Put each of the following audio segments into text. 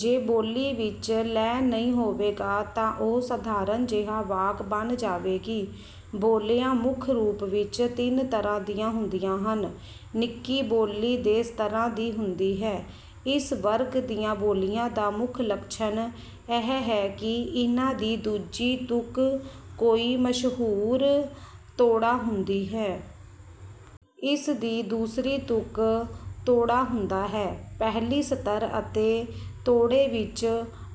ਜੇ ਬੋਲੀ ਵਿੱਚ ਲੈਅ ਨਹੀਂ ਹੋਵੇਗਾ ਤਾਂ ਉਹ ਸਾਧਾਰਨ ਜਿਹਾ ਵਾਕ ਬਣ ਜਾਵੇਗੀ। ਬੋਲੀਆਂ ਮੁੱਖ ਰੂਪ ਵਿੱਚ ਤਿੰਨ ਤਰ੍ਹਾਂ ਦੀਆਂ ਹੁੰਦੀਆਂ ਹਨ। ਨਿੱਕੀ ਬੋਲੀ ਦੇ ਸਤਰਾਂ ਦੀ ਹੁੰਦੀ ਹੈ। ਇਸ ਵਰਗ ਦੀਆਂ ਬੋਲੀਆਂ ਦਾ ਮੁੱਖ ਲੱਛਣ ਇਹ ਹੈ ਕਿ ਇਨ੍ਹਾਂ ਦੀ ਦੂਜੀ ਤੁਕ ਕੋਈ ਮਸ਼ਹੂਰ 'ਤੋੜਾ' ਹੁੰਦੀ ਹੈ। ਇਸ ਦੀ ਦੂਸਰੀ ਤੁਕ ਤੋੜਾ ਹੁੰਦਾ ਹੈ। ਪਹਿਲੀ ਸਤਰ ਅਤੇ ਤੋੜੇ ਵਿੱਚ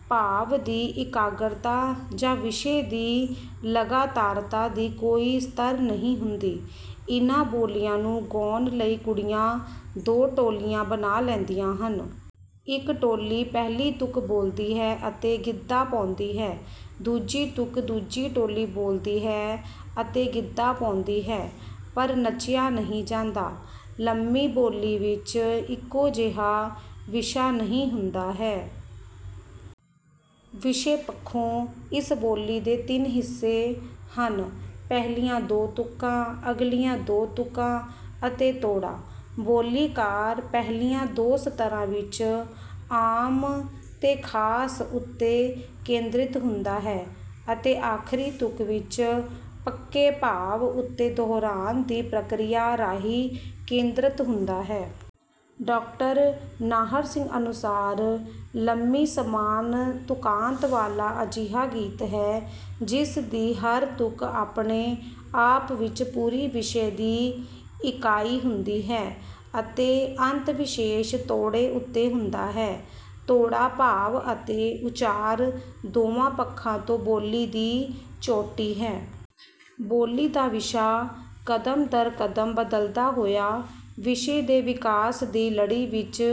ਭਾਵ ਦੀ ਇਕਾਗਰਤਾ ਜਾਂ ਵਿਸ਼ੇ ਦੀ ਲਗਾਤਾਰਤਾ ਦੀ ਕੋਈ ਸਤਰ ਨਹੀਂ ਹੁੰਦੀ।" ਇਨ੍ਹਾਂ ਬੋਲੀਆਂ ਨੂੰ ਗਾਉਣ ਲਈ ਕੁੜੀਆਂ ਦੋ ਟੋਲੀਆਂ ਬਣਾ ਲੈਂਦੀਆਂ ਹਨ। ਇੱਕ ਟੋਲੀ ਪਹਿਲੀ ਤੁਕ ਬੋਲਦੀ ਹੈ ਅਤੇ ਗਿੱਧਾ ਪਾਉਂਦੀ ਹੈ। ਦੂਜੀ ਤੁਕ ਦੂਜੀ ਟੋਲੀ ਬੋਲਦੀ ਹੈ ਅਤੇ ਗਿੱਧਾ ਪਾਉਂਦੀ ਹੈ, ਪਰ ਨੱਚਿਆ ਨਹੀਂ ਜਾਂਦਾ। ਲੰਮੀ ਬੋਲੀ ਵਿੱਚ ਇੱਕੋ ਜਿਹਾ ਵਿਸ਼ਾ ਨਹੀਂ ਹੁੰਦਾ ਹੈ। ਵਿਸ਼ੇ ਪੱਖੋਂ ਇਸ ਬੋਲੀ ਦੇ ਤਿੰਨ ਹਿੱਸੇ ਹਨ – ਪਹਿਲੀਆਂ ਦੋ ਤੁਕਾਂ, ਅਗਲੀਆਂ ਦੋ ਤੁਕਾਂ ਅਤੇ ਤੋੜਾ। ਬੋਲੀਕਾਰ ਪਹਿਲੀਆਂ ਦੋ ਸਤਰਾਂ ਵਿੱਚ ਆਮ ਤੇ ਖਾਸ ਉੱਤੇ ਕੇਂਦਰਿਤ ਹੁੰਦਾ ਹੈ ਅਤੇ ਆਖਰੀ ਤੁਕ ਵਿੱਚ ਪੱਕੇ ਭਾਵ ਉੱਤੇ ਦੁਹਰਾਉਣ ਦੀ ਪ੍ਰਕਿਰਿਆ ਰਾਹੀਂ ਕੇਂਦਰਿਤ ਹੁੰਦਾ ਹੈ। ਡਾਕਟਰ ਨਾਹਰ ਸਿੰਘ ਅਨੁਸਾਰ, "ਲੰਮੀ ਸਮਾਨ ਤੁਕਾਂਤ ਵਾਲਾ ਅਜਿਹਾ ਗੀਤ ਹੈ ਜਿਸ ਦੀ ਹਰ ਤੁਕ ਆਪਣੇ ਆਪ ਵਿੱਚ ਪੂਰੀ ਵਿਸ਼ੇ ਦੀ ਇਕਾਈ ਹੁੰਦੀ ਹੈ ਅਤੇ ਅੰਤ ਵਿਸ਼ੇਸ਼ ਤੋੜੇ ਉੱਤੇ ਹੁੰਦਾ ਹੈ। ਤੋੜਾ ਭਾਵ ਅਤੇ ਉਚਾਰ ਦੋਵਾਂ ਪੱਖਾਂ ਤੋਂ ਬੋਲੀ ਦੀ ਚੋਟੀ ਹੈ। ਬੋਲੀ ਦਾ ਵਿਸ਼ਾ ਕਦਮ ਦਰ ਕਦਮ ਬਦਲਦਾ ਹੋਇਆ ਵਿਸ਼ੇ ਦੇ ਵਿਕਾਸ ਦੀ ਲੜੀ ਵਿੱਚ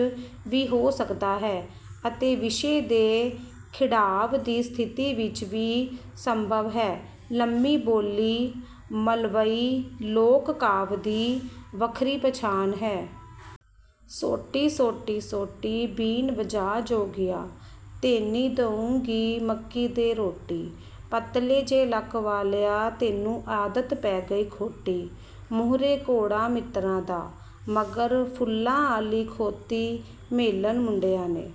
ਵੀ ਹੋ ਸਕਦਾ ਹੈ ਅਤੇ ਵਿਸ਼ੇ ਦੇ ਖਿੰਡਾਅ ਦੀ ਸਥਿਤੀ ਵਿੱਚ ਵੀ ਸੰਭਵ ਹੈ। ਲੰਮੀ ਬੋਲੀ ਮਲਵਈ ਲੋਕ-ਕਾਵਿ ਦੀ ਵੱਖਰੀ ਪਛਾਣ ਹੈ।" ਸੋਟੀ, ਸੋਟੀ, ਸੋਟੀ ਬੀਨ ਵਜਾ ਜੋਗੀਆ ਤੈਨੂੰ ਦੇਊਂਗੀ ਮੱਕੀ ਦੇ ਰੋਟੀ ਪਤਲੇ ਜੇ ਲੱਕ ਵਾਲ਼ਿਆਂ ਤੈਨੂੰ ਆਦਤ ਪੈ ਗਈ ਖੋਟੀ ਮੂਹਰੇ ਘੋੜਾ ਮਿੱਤਰਾਂ ਦਾ, ਮਗਰ ਫੁੱਲਾਂ ਆਲ਼ੀ ਖੋਤੀ ਮੇਲਣ ਮੁੰਡਿਆਂ ਨੇ